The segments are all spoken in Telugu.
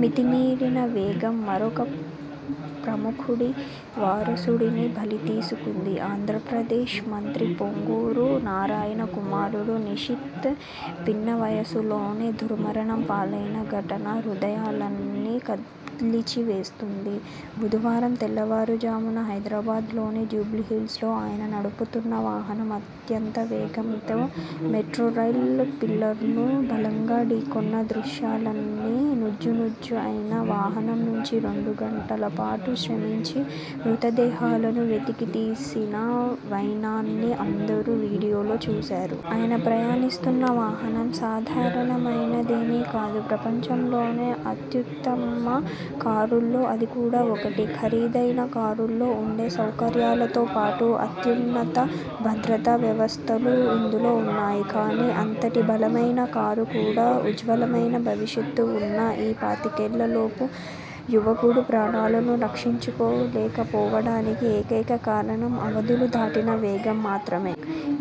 మితిమీరిన వేగం మరొక ప్రముఖుడి వారసుడిని బలితీసుకుంది. ఆంధ్రప్రదేశ్ మంత్రి పొంగూరు నారాయణ కుమారుడు నిషిత్ పిన్నవయసులోనే దుర్మరణం పాలైన ఘటన హృదయాలన్ని కలిచివేస్తుంది. బుధవారం తెల్లవారుజామున హైదరాబాద్లోని జూబ్లీహిల్స్లో ఆయన నడుపుతున్న వాహనం అత్యంతవేగంతో మెట్రోరైల్ పిల్లర్ను బలంగా ఢీకొన్న దృశ్యాలన్నీ, నుజ్జునుజ్జయిన వాహనం నుంచి రెండుగంటల పాటు శ్రమించి మృతదేహాలను వెతికితీసిన వైనాన్ని అందరూ వీడియాలో చూశారు. ఆయన ప్రయాణిస్తున్న వాహనం సాధారణమైనదేమీ కాదు. ప్రపంచంలోనే అత్యుత్తమ కారుల్లో అది కూడా ఒకటి. ఖరీదైన కారుల్లో ఉండే సౌకర్యాలతో పాటు అత్యున్నత భద్రతా వ్యవస్థలూ ఇందులో ఉన్నాయి. కానీ, అంతటి బలమైన కారు కూడా ఉజ్వలమైన భవిష్యత్తు ఉన్న ఈ పాతికేళ్ళలోపు యువకుడి ప్రాణాలను రక్షించుకోలేకపోవడానికి ఏకైక కారణం అవధులు దాటిన వేగం మాత్రమే.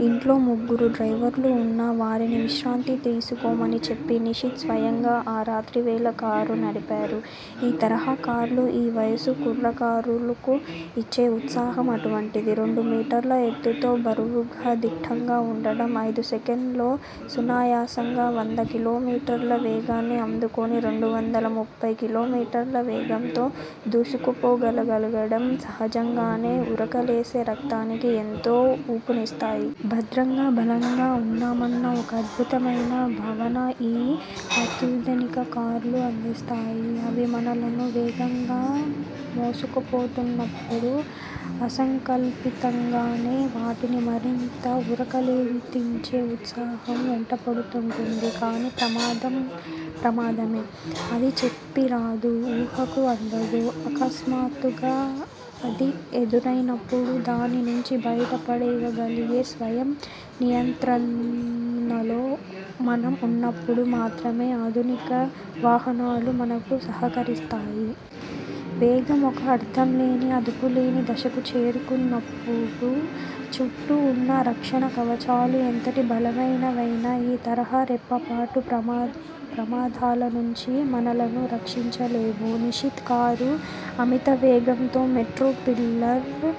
ఇంట్లో ముగ్గురు డ్రైవర్లు ఉన్నా, వారిని విశ్రాంతి తీసుకోమని చెప్పి నిషిత్ స్వయంగా ఆ రాత్రివేళ కారు నడిపారు. ఈ తరహా కార్లు ఈ వయసు కుర్రకారులకు ఇచ్చే ఉత్సాహం అటువంటిది. రెండు మీటర్ల ఎత్తుతో, బరువుగా దిట్టంగా వుండటం, ఐదు సెకన్లలో సునాయాసంగా వంద కిలోమీటర్ల వేగాన్ని అందుకొని రెండువందల ముప్పై కిలోమీటర్ల వేగంతో దూసుకుపోగలగడం సహజంగానే ఉరకలేసే రక్తానికి ఎంతో ఊపునిస్తాయి. భద్రంగా, బలంగా ఉన్నామన్న ఒక అద్భుతమైన భావన ఈ అత్యాధునిక కార్లు అందిస్తాయి. అవి మనలను వేగంగా మోసుకుపోతున్నప్పుడు అసంకల్పింతంగానే వాటిని మరింత ఉరకలెత్తించే ఉత్సాహం వెంటాపడుతూంటుంది. కానీ, ప్రమాదం ప్రమాదమే. అది చెప్పిరాదు, ఊహకు అందదు. అకస్మాత్తుగా అది ఎదురైనప్పుడు దానినుంచి బయటపడగలిగే స్వయం నియంత్రణలో మనం ఉన్నప్పుడు మాత్రమే ఆధునిక వాహనాలు మనకు సహకరిస్తాయి. వేగం ఒక అర్థంలేని, అదుపులేని దశకు చేరుకున్నప్పుడు, చుట్టూ ఉన్న రక్షణకవచాలు ఎంతటి బలమైనవైనా ఈ తరహా రెప్పపాటు ప్రమాదాల నుంచి మనలను రక్షించలేవు. నిషిత్ కారు అమితవేగంతో మెట్రోపిల్లర్ను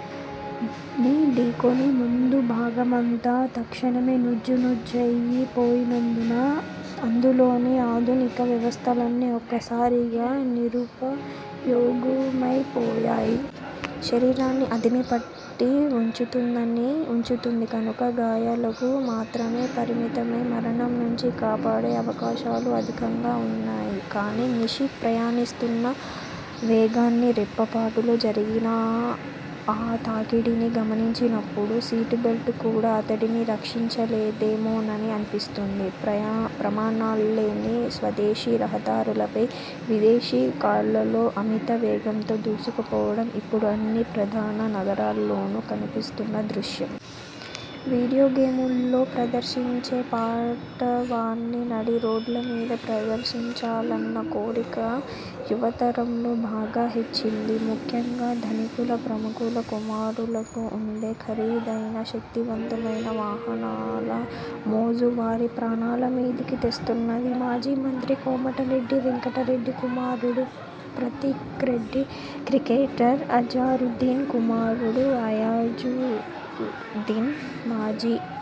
ఢీకొని ముందుభాగమంతా తక్షణమే నుజ్జు నుజ్జయి పోయినందున, అందులోని ఆధునిక వ్యవస్థలన్నీ ఒక్కసారిగా నిరుపయోగుమైపోయాయి. శరీరాన్ని అదిమి పట్టి వుంచుతుందని వుంచుతుంది కనుక గాయాలకు మాత్రమే పరిమితమై మరణం నుంచి కాపాడే అవకాశాలు అధికంగా ఉన్నాయి. కానీ, నిషిత్ ప్రయాణిస్తున్న వేగాన్నీ రెప్పపాటులో జరిగిన ఆ తాకిడినీ గమనించినప్పుడు సీటుబెల్టు కూడా అతడిని రక్షించలేదేమోనని అనిపిస్తుంది. ప్రమాణాల్లేని స్వదేశీ రహదారులపై విదేశీ కార్లలో అమిత వేగంతో దూసుకుపోవడం ఇప్పుడు అన్ని ప్రధాన నగరాల్లోనూ కనిపిస్తున్న దృశ్యం. వీడియోగేముల్లో ప్రదర్శించే పాటవాన్ని నడిరోడ్లమీద ప్రదర్శించాలన్న కోరిక యువతరంలో బాగా హెచ్చింది. ముఖ్యంగా ధనికుల, ప్రముఖుల కుమారులకు ఉండే ఖరీదైన, శక్తిమంతమైన వాహనాల మోజు వారి ప్రాణాలమీదకు తెస్తున్నది. మాజీ మంత్రి కోమటిరెడ్డి వెంకటరెడ్డి కుమారుడు ప్రతీక్రెడ్డి, క్రికెటర్ అజారుద్దీన్ కుమారుడు అయాజుద్దీన్, మాజీ